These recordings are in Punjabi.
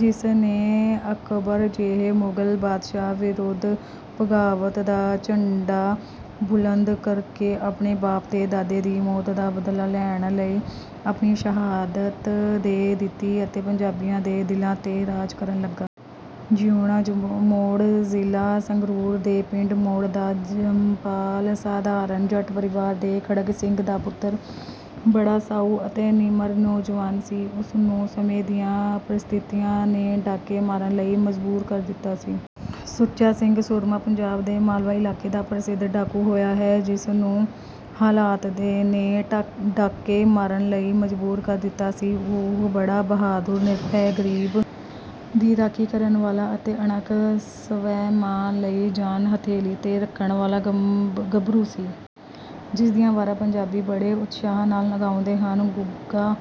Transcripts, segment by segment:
ਜਿਸ ਨੇ ਅਕਬਰ ਜਿਹੇ ਮੁਗਲ ਬਾਦਸ਼ਾਹ ਵਿਰੁੱਧ ਬਗਾਵਤ ਦਾ ਝੰਡਾ ਬੁਲੰਦ ਕਰਕੇ ਆਪਣੇ ਬਾਪ ਤੇ ਦਾਦੇ ਦੀ ਮੌਤ ਦਾ ਬਦਲਾ ਲੈਣ ਲਈ ਆਪਣੀ ਸ਼ਹਾਦਤ ਦੇ ਦਿੱਤੀ ਅਤੇ ਪੰਜਾਬੀਆਂ ਦੇ ਦਿਲਾਂ ਤੇ ਰਾਜ ਕਰਨ ਲੱਗਾ। ਜੀਊਣਾ ਮੋੜ ਜ਼ਿਲ੍ਹਾ ਸੰਗਰੂਰ ਦੇ ਪਿੰਡ ਮੋੜ ਦਾ ਜੰਮਪਲ ਸਾਧਾਰਨ ਜੱਟ ਪਰਿਵਾਰ ਦੇ ਖੜਗ ਸਿੰਘ ਦਾ ਪੁੱਤਰ ਬੜਾ ਸਾਊ ਅਤੇ ਨਿਮਰ ਨੌਜਵਾਨ ਸੀ। ਉਸ ਨੂੰ ਸਮੇਂ ਦੀਆਂ ਪਰਿਸਥਿਤੀਆਂ ਨੇ ਡਾਕੇ ਮਾਰਨ ਲਈ ਮਜਬੂਰ ਕਰ ਦਿੱਤਾ ਸੀ। ਸੁੱਚਾ ਸਿੰਘ ਸੂਰਮਾ ਪੰਜਾਬ ਦੇ ਮਾਲਵਾ ਇਲਾਕੇ ਦਾ ਪ੍ਰਸਿੱਧ ਡਾਕੂ ਹੋਇਆ ਹੈ। ਜਿਸ ਨੂੰ ਹਾਲਾਤ ਨੇ ਡਾਕੇ ਮਾਰਨ ਲਈ ਮਜਬੂਰ ਕਰ ਦਿੱਤਾ ਸੀ। ਉਹ ਬੜਾ ਬਹਾਦੁਰ, ਨਿਰਭੈ, ਗਰੀਬ ਦੀ ਰਾਖੀ ਕਰਨ ਵਾਲਾ ਅਤੇ ਅਣਖ ਸਵੈਮਾਨ ਲਈ ਜਾਨ ਹਥੇਲੀ ਤੇ ਰੱਖਣ ਵਾਲਾ ਗੱਭਰੂ ਸੀ। ਜਿਸ ਦੀਆਂ ਵਾਰਾਂ ਪੰਜਾਬੀ ਬੜੇ ਉਤਸ਼ਾਹ ਨਾਲ ਗਾਉਂਦੇ ਹਨ। ਗੁੱਗਾ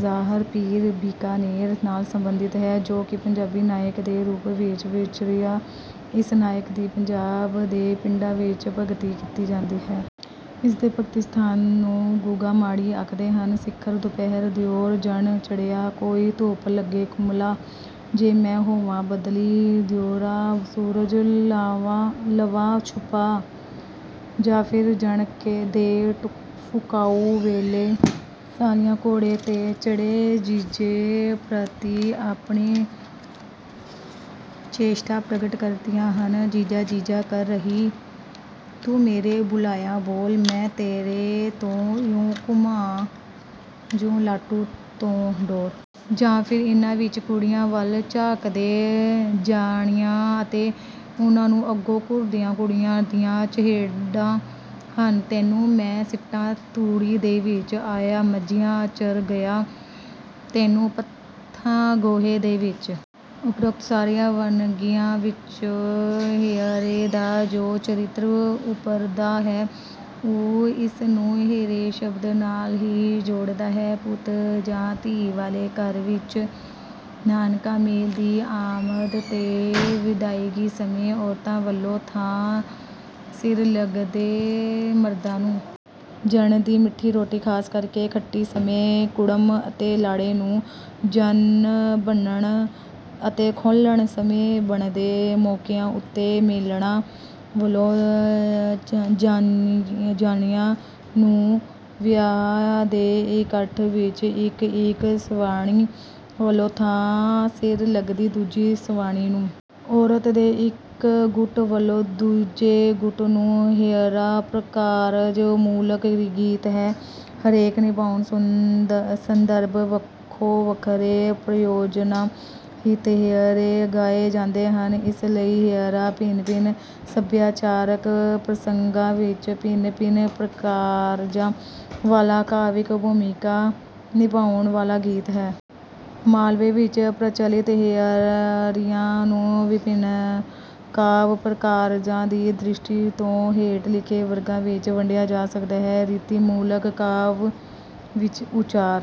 ਜ਼ਾਹਰ ਪੀਰ ਬੀਕਾਨੇਰ ਨਾਲ ਸੰਬੰਧਿਤ ਹੈ। ਜੋ ਕਿ ਪੰਜਾਬੀ ਨਾਇਕ ਦੇ ਰੂਪ ਵਿੱਚ ਵਿਚਰਿਆ। ਇਸ ਨਾਇਕ ਦੀ ਪੰਜਾਬ ਦੇ ਪਿੰਡਾਂ ਵਿੱਚ ਭਗਤੀ ਕੀਤੀ ਜਾਂਦੀ ਹੈ। ਇਸ ਦੇ ਭਗਤੀ ਸਥਾਨ ਨੂੰ ਗੁੱਗਾ ਮਾੜੀ ਆਖਦੇ ਹਨ। ਸਿਖਰ ਦੁਪਹਿਰ ਦਿਉਰ ਜਣ ਚੜ੍ਹਿਆ, ਕੋਈ ਧੁੱਪ ਲੱਗੇ ਕੁਮਲਾ, ਜੇ ਮੈਂ ਹੋਵਾਂ ਬੱਦਲੀ ਦਿਉਰਾ, ਸੂਰਜ ਲਵਾਂ ਛੁਪਾ। ਜਾਂ ਫਿਰ ਜਣ ਦੇ ਫੁਕਾਓ ਵੇਲੇ ਸਾਲੀਆਂ ਘੋੜੇ ਤੇ ਚੜ੍ਹੇ ਜੀਜੇ ਪ੍ਰਤੀ ਆਪਣੀ ਚੇਸ਼ਟਾ ਪ੍ਰਗਟ ਕਰਦੀਆਂ ਹਨ – ਜੀਜਾ ਜੀਜਾ ਕਰ ਰਹੀ, ਤੂੰ ਮੇਰੇ ਬੁਲਾਇਆਂ ਬੋਲ, ਮੈਂ ਤੇਰੇ ਤੋਂ ਇਉਂ ਘੁੰਮਾਂ, ਜਿਉਂ ਲਾਟੂ ਤੋਂ ਡੋਰ। ਜਾਂ ਫਿਰ ਇਹਨਾਂ ਵਿੱਚ ਕੁੜੀਆਂ ਵੱਲ ਝਾਕਦੇ ਜਾਂਞੀਆਂ ਅਤੇ ਉਨ੍ਹਾਂ ਨੂੰ ਅੱਗੋਂ ਘੂਰਦੀਆਂ ਕੁੜੀਆਂ ਦੀਆਂ ਚਹੇਡਾਂ ਹਨ – ਤੈਨੂੰ ਮੈਂ ਸਿੱਟਾ ਤੂੜੀ ਦੇ ਵਿੱਚ, ਆਈਆਂ ਮੱਝੀਆਂ ਚਰ ਗਈਆਂ, ਤੈਨੂੰ ਪੱਥਾਂ ਗੋਹੇ ਦੇ ਵਿੱਚ। ਉੱਪਰੋਕਤ ਸਾਰੀਆਂ ਵੰਨਗੀਆਂ ਵਿੱਚ 'ਹੇਅਰੇ' ਦਾ ਜੋ ਚਰਿੱਤਰ ਉੱਭਰਦਾ ਹੈ, ਉਹ ਇਸ ਨੂੰ 'ਹੇਰੇ' ਸ਼ਬਦ ਨਾਲ ਹੀ ਜੋੜਦਾ ਹੈ। ਪੁੱਤ ਜਾਂ ਧੀ ਵਾਲੇ ਘਰ ਵਿੱਚ ਨਾਨਕਾ ਮੇਲ ਦੀ ਆਮਦ ਤੇ ਵਿਦਾਇਗੀ ਸਮੇਂ। ਔਰਤਾਂ ਵੱਲੋਂ ਥਾਂ ਸਿਰ ਲੱਗਦੇ ਮਰਦਾਂ ਨੂੰ। ਜਣ ਦੀ ਮਿੱਠੀ ਰੋਟੀ ਖ਼ਾਸ ਕਰ ਕੇ ਖੱਟੀ ਸਮੇਂ ਕੁੜਮ ਅਤੇ ਲਾੜੇ ਨੂੰ। ਜਣ ਬੰਨ੍ਹਣ ਅਤੇ ਖੋਲ੍ਹਣ ਸਮੇਂ। ਬਣਦੇ ਮੌਕਿਆਂ ਉੱਤੇ ਮੇਲਣਾਂ ਵੱਲੋਂ ਜਾਂਞੀਆਂ ਨੂੰ। ਵਿਆਹ ਦੇ ਇਕੱਠ ਵਿੱਚ ਇੱਕ ਇੱਕ ਸਵਾਣੀ ਵੱਲੋਂ ਥਾਂ ਸਿਰ ਲੱਗਦੀ ਦੂਜੀ ਸਵਾਣੀ ਨੂੰ। ਔਰਤਾਂ ਦੇ ਇੱਕ ਗੁੱਟ ਵੱਲੋਂ ਦੂਜੇ ਗੁੱਟ ਨੂੰ। ਹੇਅਰਾ, ਪ੍ਰਕਾਰਜ ਮੂਲਕ ਗੀਤ ਹੈ। ਹਰੇਕ ਨਿਭਾਊ ਸੰਦਰਭ ਵੱਖੋ-ਵੱਖਰੇ ਪ੍ਰਯੋਜਨਾਂ ਹਿਤ ਹੇਅਰੇ ਗਾਏ ਜਾਂਦੇ ਹਨ। ਇਸ ਲਈ ਹੇਅਰਾ ਭਿੰਨ-ਭਿੰਨ ਸਭਿਆਚਾਰਕ ਪ੍ਰਸੰਗਾਂ ਵਿੱਚ ਭਿੰਨ-ਭਿੰਨ ਪ੍ਰਕਾਰਜਾਂ ਵਾਲਾ ਕਾਵਿਕ ਭੂਮਿਕਾ ਨਿਭਾਉਣ ਵਾਲਾ ਗੀਤ ਹੈ। ਮਾਲਵੇ ਵਿੱਚ ਪ੍ਰਚਲਿਤ ਹੇਅਰਿਆਂ ਨੂੰ ਵਿਭਿੰਨ ਕਾਵਿ ਪ੍ਰਕਾਰਜਾਂ ਦੀ ਦ੍ਰਿਸ਼ਟੀ ਤੋਂ ਹੇਠ ਲਿਖੇ ਵਰਗਾਂ ਵਿੱਚ ਵੰਡਿਆ ਜਾ ਸਕਦਾ ਹੈ: ਰੀਤੀ ਮੂਲਕ ਕਾਵਿ-ਉਚਾਰ